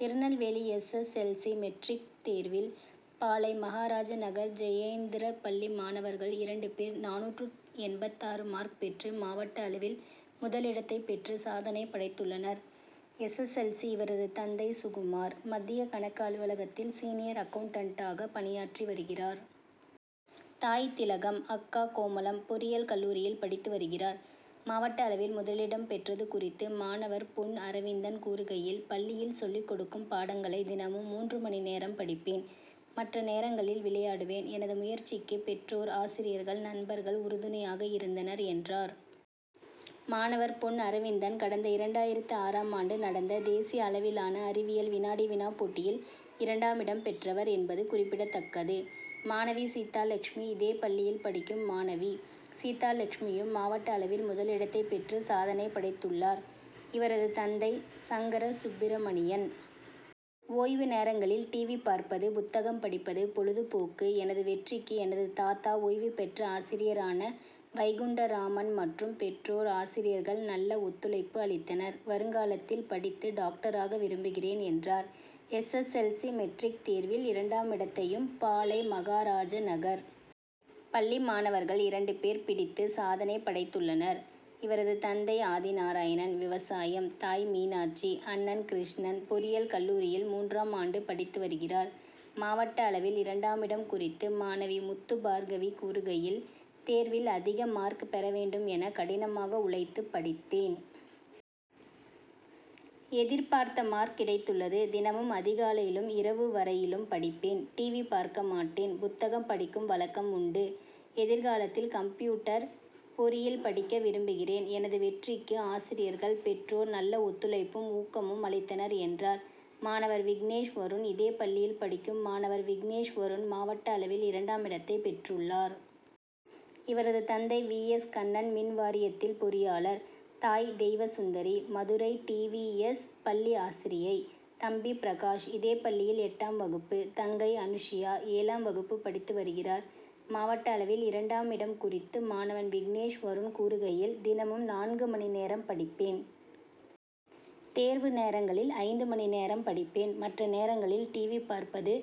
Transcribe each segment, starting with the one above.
Tirunelveli S. S. L. C. Matric தேர்வில் பாளை., மகாராஜநகர் ஜெயேந்திரா பள்ளி மாணவர்கள் இரண்டு பேர் நானூற்று எண்பத்தாறு மார்க் பெற்று மாவட்ட அளவில் முதலிடத்தை பெற்று சாதனை படைத்துள்ளனர். எஸ். எஸ். எல். சி. இவரது தந்தை சுகுமார். மத்திய கணக்கு அலுவலகத்தில் சீனியர் அக்கவுண்டன்டாக பணியாற்றிவருகிறார். தாய் திலகம். அக்கா கோமளம். பொறியியல் கல்லூரியில் படித்து வருகிறார். மாவட்ட அளவில் முதலிடம் பெற்றது குறித்து மாணவர் பொன் அரவிந்தன் கூறுகையில், பள்ளியில் சொல்லிக் கொடுக்கும் பாடங்களை தினமும் மூன்று மணி நேரம் படிப்பேன். மற்ற நேரங்களில் விளையாடுவேன். எனது முயற்சிக்கு பெற்றோர், ஆசிரியர்கள், நண்பர்கள் உறுதுணையாக இருந்தனர் என்றார். மாணவர் பொன் அரவிந்தன் கடந்த இரண்டாயிரத்து ஆறாம் ஆண்டு நடந்த தேசிய அளவிலான அறிவியல் வினாடி-வினா போட்டியில் இரண்டாமிடம் பெற்றவர் என்பது குறிப்பிடதக்கது. மாணவி சீதாலெட்சுமி இதே பள்ளியில் படிக்கும் மாணவி சீதா லெட்சுமியும் மாவட்ட அளவில் முதலிடத்தை பெற்று சாதனை படைத்துள்ளார். இவரது தந்தை சங்கரசுப்பிரமணியன். ஓய்வு நேரங்கில் டிவி பார்ப்பது, புத்தகம் படிப்பது பொழுதுபோக்கு. எனது வெற்றிக்கு எனது தாத்தா ஓய்வு பெற்ற ஆசிரியரான வைகுண்டராமன் மற்றும் பெற்றோர், ஆசிரியர்கள் நல்ல ஒத்துழைப்பு அளித்தனர். வருங்காலத்தில் படித்து டாக்டராக விரும்புகிறேன் என்றார். S. S. L. C. Matric தேர்வில் இரண்டாமிடத்தையும் பாளை.,மகாராஜநகர் பள்ளி மாணவர்கள் இரண்டு பேர் பிடித்து சாதனை படைத்துள்ளனர். இவரது தந்தை ஆதிநாராயணன். விவசாயம். தாய் மீனாட்சி. அண்ணன் கிருஷ்ணன் பொறியியல் கல்லூரியில் மூன்றாம் ஆண்டு படித்து வருகிறார். மாவட்ட அளவில் இரண்டாமிடம் குறித்து மாணவி முத்துபார்க்கவி கூறுகையில், தேர்வில் அதிக மார்க் பெறவேண்டும் என கடினமாக உழைத்து படித்தேன். எதிர்பார்த்த மார்க் கிடைத்துள்ளது. தினமும் அதிகாலையிலும், இரவு வரையிலும் படிப்பேன். டிவி பார்க்கமாட்டேன். புத்தகம் படிக்கும் வழக்கம் உண்டு. எதிர்காலத்தில் கம்ப்யூட்டர் பொறியில் படிக்க விரும்புகிறேன். எனது வெற்றிக்கு ஆசிரியர்கள், பெற்றோர் நல்ல ஒத்துழைப்பும், ஊக்கமும் அளித்தனர் என்றார்'. மாணவர் விக்னேஷ் வருண் இதே பள்ளியில் படிக்கும் மாணவர் விக்னேஷ் வருண் மாவட்ட அளவில் இரண்டாமிடத்தை பெற்றுள்ளார். இவரது தந்தை வி. எஸ். கண்ணன். மின்வாரியத்தில் பொறியாளர். தாய் Deivasundari. Madurai T. V. S. பள்ளி ஆசிரியை. தம்பி பிரகாஷ். இதே பள்ளியில் எட்டாம் வகுப்பு. தங்கை அனுசுயா. ஏழாம் வகுப்பு படித்து வருகிறார். மாவட்ட அளவில் இரண்டாம் இடம் குறித்து மாணவன் விக்னேஷ் வருண் கூறுகையில், தினமும் நான்கு மணி நேரம் படிப்பேன். தேர்வு நேரங்களில் ஐந்து மணி நேரம் படிப்பேன். மற்ற நேரங்களில் டிவி பார்ப்பது,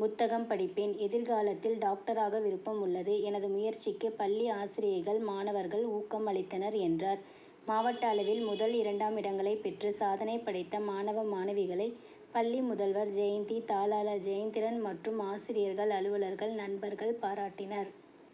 புத்தகம் படிப்பேன். எதிர்காலத்தில் டாக்டராக விருப்பம் உள்ளது. எனது முயற்சிக்கு பள்ளி ஆசிரியைகள், மாணவர்கள் ஊக்கள் அளித்தனர் என்றார். மாவட்ட அளவில் முதல், இரண்டாம் இடங்களை பெற்று சாதனை படைத்த மாணவ, மாணவிகளை பள்ளி முதல்வர் ஜெயந்தி, தாளாளர் ஜெயந்திரன் மற்றும் ஆசிரியர்கள், அலுவலர்கள், நண்பர்கள் பாராட்டினர்.